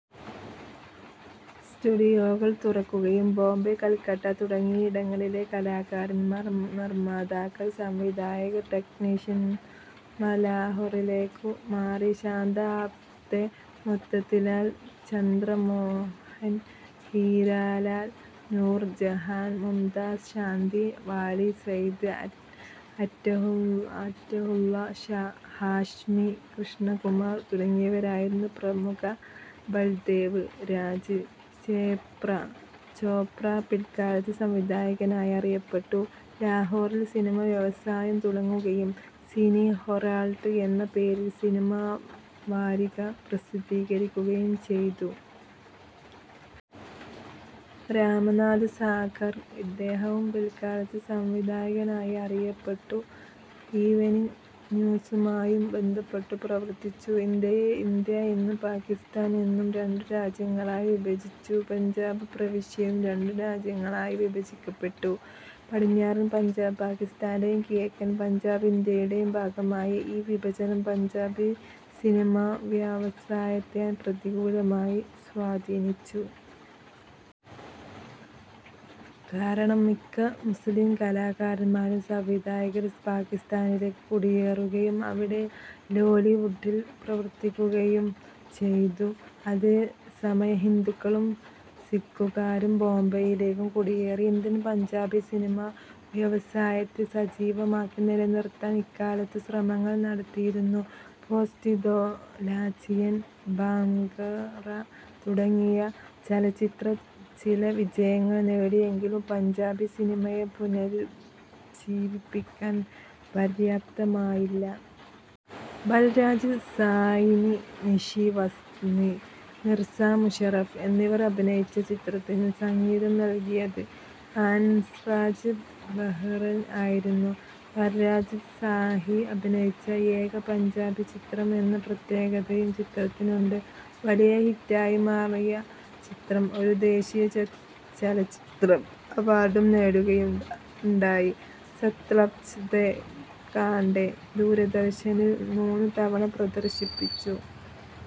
സ്റ്റുഡിയോകൾ തുറക്കുകയും ബോംബെ, കൽക്കട്ട തുടങ്ങിയിടങ്ങളിലെ കലാകാരന്മാർ, നിർമാതാക്കൾ, സംവിധായകർ, ടെക്നീഷ്യന്മാർ ലാഹോറിലേക്കു മാറി. ശാന്ത ആപ്തെ, മോത്തിലാൽ, ചന്ദ്ര മോഹൻ, ഹീരാലാൽ, നൂർ ജഹാൻ, മുംതാസ് ശാന്തി, വാലി, സയ്ദ് അറ്റഹുള്ള ഷാ ഹാഷ്മി, കൃഷ്ണ കുമാർ തുടങ്ങിയവരായിരുന്നു പ്രമുഖർ. ബൽദേവ് രാജ് ചോപ്ര, പിൽകാലത്ത് സംവിധായകനായി അറിയപ്പെട്ടു, ലാഹോറിൽ സിനിമ വ്യവസായം തുടങ്ങുകയും സിനി ഹെറാൾഡ് എന്ന പേരിൽ സിനിമാവാരിക പ്രസിദ്ധീകരിക്കുകയും ചെയ്തു. രാമാനാഥാ സാഗർ, ഇദ്ദേഹവും പിൽകാലത്ത് സംവിധായകനായി അറിയപ്പെട്ടു, ഈവെനിംഗ് ന്യൂസുമായും ബന്ധപ്പെട്ടു പ്രവർത്തിച്ചു. ഇന്ത്യയെ ഇന്ത്യ എന്നും പാകിസ്താൻ എന്നും രണ്ടു രാജ്യങ്ങളായി വിഭജിച്ചു. പഞ്ചാബ് പ്രവിശ്യയും രണ്ടു രാജ്യങ്ങളിലായി വിഭജിക്കപ്പെട്ടു. പടിഞ്ഞാറൻ പഞ്ചാബ് പാകിസ്താന്റെയും കിഴക്കൻ പഞ്ചാബ് ഇന്ത്യയുടേയും ഭാഗമായി. ഈ വിഭജനം പഞ്ചാബി സിനിമാവ്യവസായത്തെ പ്രതികൂലമായി സ്വാധീനിച്ചു. കാരണം മിക്ക മുസ്ലിം കലാകാരന്മാരും സംവിധായകരും പാകിസ്താനിലേക്ക് കുടിയേറുകയും അവിടെ ലോലിവുഡിൽ പ്രവർത്തിക്കുകയും ചെയ്തു. അതേ സമയം ഹിന്ദുക്കളും സിഖുകാരും ബോംബൈയിലേക്കും കുടിയേറി. ഇന്ത്യൻ പഞ്ചാബി സിനിമാവ്യവസായത്തെ സജീവമാക്കി നിലനിർത്താൻ ഇക്കാലത്തു ശ്രമങ്ങൾ നടത്തിയിരുന്നു. പോസ്റ്റി, ദോ ലാച്ചിയാൻ, ഭാംഗ്റ തുടങ്ങിയ ചലച്ചിത്രങ്ങൾ ചില വിജയങ്ങൾ നേടിയെങ്കിലും പഞ്ചാബി സിനിമയെ പുനരുജ്ജീവിപ്പിക്കാൻ പര്യാപ്തമായില്ല. ബൽരാജ് സാഹ്നി, നിഷി, വസ്തി, മിർസ മുഷറഫ് എന്നിവർ അഭിനയിച്ച ചിത്രത്തിന് സംഗീതം നൽകിയത് ഹാൻസ്രാജ് ബെഹ്ൽ ആയിരുന്നു. ബൽരാജ് സാഹ്നി അഭിനയിച്ച ഏക പഞ്ചാബി ചിത്രം എന്ന പ്രത്യേകതയും ചിത്രത്തിനുണ്ട്. വലിയ ഹിറ്റായി മാറിയ ചിത്രം ഒരു ദേശീയ ചലച്ചിത്ര അവാർഡും നേടുകയുണ്ടായി. സത്ലജ് ദെ കാണ്ടേ ദൂരദർശനിൽ മൂന്നു തവണ പ്രദർശിപ്പിച്ചു.